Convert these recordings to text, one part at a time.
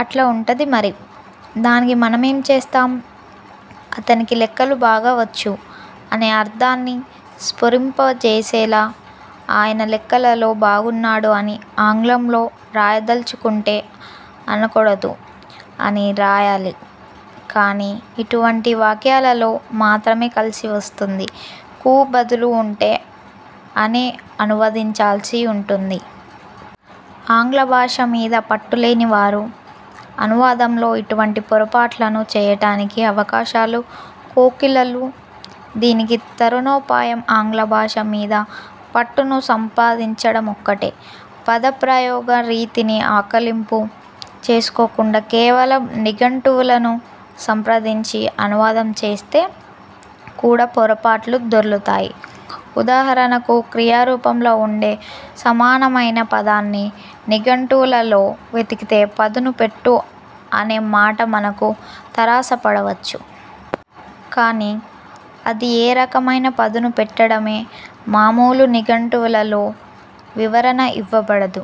అట్లా వుంటది మరి. దానికి మనమేం చేస్తాం! అతనికి లెక్కలు బాగా వచ్చు అనే అర్థాన్ని స్ఫురింపజేసేలా ఆయన లెక్కలలో బాగున్నాడు అని ఆంగ్లంలో రాయదల్చుకుంటే అనకూడదు, అని రాయాలి. కాని, ఇటువంటి వాక్యాలలో మాత్రమే కలిసి వస్తుంది. కు బదులు ఉంటే, అనే అనువదించాల్సి వుంటుంది. ఆంగ్లభాష మీద పట్టులేనివారు అనువాదంలో ఇటువంటి పొరపాట్లను చేయటానికి అవకాశాలు కోకొల్లలు. దీనికి తరుణోపాయం ఆంగ్లభాష మీద పట్టును సంపాదించడమొక్కటే. పదప్రయోగ రీతిని ఆకళింపు చేసుకోకుండా కేవలం నిఘంటువులను సంప్రదించి అనువాదం చేస్తే కూడా పొరపాట్లు దొర్లుతాయి. ఉదాహరణకు క్రియారూపంలో ఉండే సమానమైన పదాన్ని నిఘంటువులలో వెతికితే పదును పెట్టు అనే మాట మనకు తారసపడవచ్చు. కాని, అది ఏ రకమైన పదును పెట్టడమో మామూలు నిఘంటువుల్లో వివరణ ఇవ్వబడదు.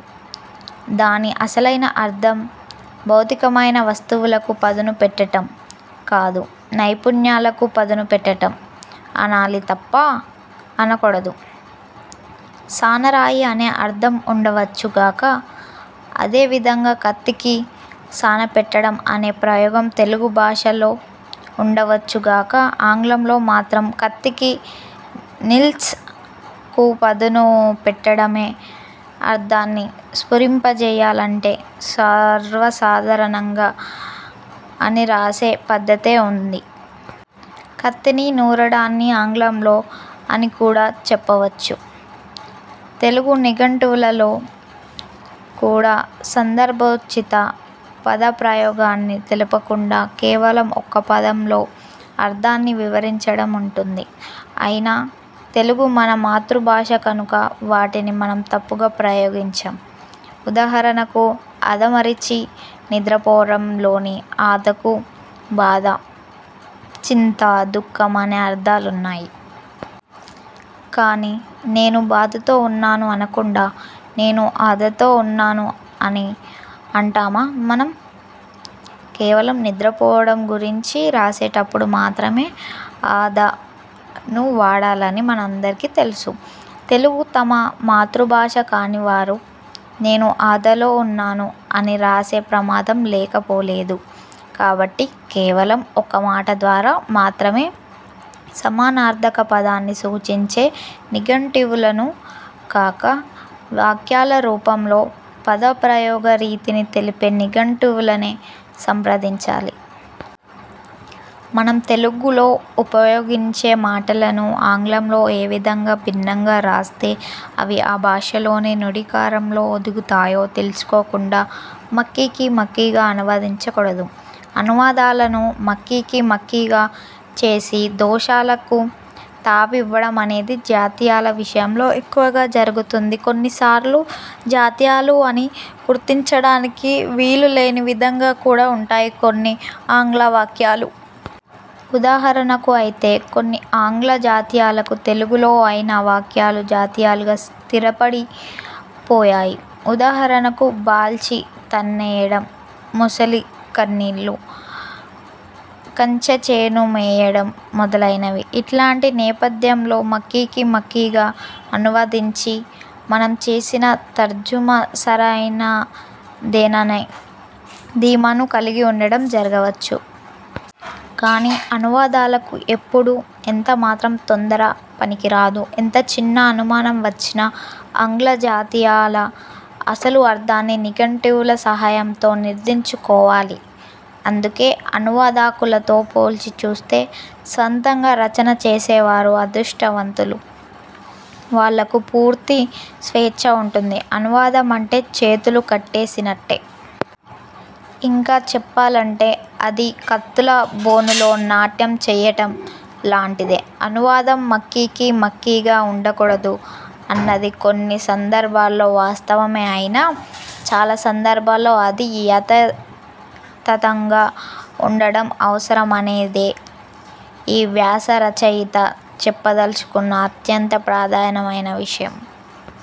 దాని అసలైన అర్థం భౌతికమైన వస్తువులకు పదును పెట్టటం కాదు, నైపుణ్యాలకు పదును పెట్టటం. అనాలి తప్ప / అనకూడదు. సానరాయి అనే అర్థం ఉండవచ్చు గాక. అదే విధంగా 'కత్తికి సాన పెట్టడం' అనే ప్రయోగం తెలుగు భాషలో ఉండవచ్చు గాక ఆంగ్లంలో మాత్రం కత్తికి ెన్సిల్ కు పదును పెట్టడమనే అర్థాన్ని స్ఫురింపజేయాలంటే సర్వసాధారణంగా / అని రాసే పద్ధతే ఉంది. కత్తిని నూరడాన్ని ఆంగ్లంలో అని కూడా చెప్పవచ్చు. తెలుగు నిఘంటువుల్లో కూడా సందర్భోచిత పదప్రయోగాన్ని తెలుపకుండా కేవలం ఒక్క పదంలో అర్థాన్ని వివరించడం ఉంటుంది. అయినా తెలుగు మన మాతృభాష కనుక వాటిని మనం తప్పుగా ప్రయోగించం. ఉదాహరణకు 'ఆదమరచి నిద్ర పోవడం' లోని ఆదకు బాధ, చింత, దుఃఖం అనే అర్థాలున్నాయి. కాని, నేను బాధతో ఉన్నాను అనకుండా, నేను ఆదతో ఉన్నాను అని అంటామా మనం? కేవలం నిద్ర పోవడం గురించి రాసేటప్పుడు మాత్రమే 'ఆద'ను వాడాలని మనందరికీ తెలుసు. తెలుగు తమ మాతృభాష కానివారు 'నేను ఆదలో ఉన్నాను' అని రాసే ప్రమాదం లేకపోలేదు. కాబట్టి, కేవలం ఒక్క మాట ద్వారా మాత్రమే సమానార్థక పదాన్ని సూచించే నిఘంటువులను కాక, వాక్యాల రూపంలో పదప్రయోగ రీతిని తెలిపే నిఘంటువులనే సంప్రదించాలి. మనం తెలుగులో ఉపయోగించే మాటలను ఆంగ్లంలో ఏ విధంగా భిన్నంగా రాస్తే అవి ఆ భాషలోని నుడికారంలో ఒదుగుతాయో తెలుసుకోకుండా మక్ఖీకి మక్ఖీగా అనువదించ కూడదు. అనువాదాలను మక్ఖీకి మక్ఖీగా చేసి దోషాలకు తావివ్వడమనేది జాతీయాల విషయంలో ఎక్కువగా జరుగుతుంది. కొన్నిసార్లు జాతీయాలు అని గుర్తించడానికి వీలులేని విధంగా కూడా ఉంటాయి కొన్ని ఆంగ్ల వాక్యాలు. ఉదాహరణకు... అయితే కొన్ని ఆంగ్ల జాతీయాలకు తెలుగులో అయిన వాక్యాలు జాతీయాలుగా స్థిరపడి పోయాయి. ఉదాహరణకు బాల్చీ తన్నేయడం; మొసలి కన్నీళ్లు; కంచే చేను మేయడం మొదలైనవి. ఇట్లాంటి నేపథ్యంలో మక్ఖీకి మక్ఖీగా అనువదించి, మనం చేసిన తర్జుమా సరైనదేననే ధీమాను కలిగి వుండటం జరగవచ్చు! కాని, అనువాదకులకు ఎప్పుడూ, ఎంత మాత్రం తొందర పనికి రాదు. ఎంత చిన్న అనుమానం వచ్చినా ఆంగ్ల జాతీయాల అసలు అర్థాన్ని నిఘంటువుల సహాయంతో నిర్థారించుకోవాలి. అందుకే, అనువాదకులతో పోల్చి చూస్తే స్వంతంగా రచన చేసేవారు అదృష్టవంతులు. వాళ్లకు పూర్తి స్వేచ్ఛ ఉంటుంది. అనువాదమంటే చేతులు కట్టేసినట్టే. ఇంకా చెప్పాలంటే, అది కత్తులబోనులో నాట్యం చేయటం లాంటిదే. అనువాదం మక్ఖీకి మక్ఖీగా ఉండకూడదు అన్నది కొన్ని సందర్భాల్లో వాస్తవమే అయినా, చాలా సందర్భాల్లో అది యథాతథంగా ఉండటం అవసరం అనేదే ఈ వ్యాసరచయిత చెప్పదల్చుకున్న అత్యంత ప్రధానమైన విషయం.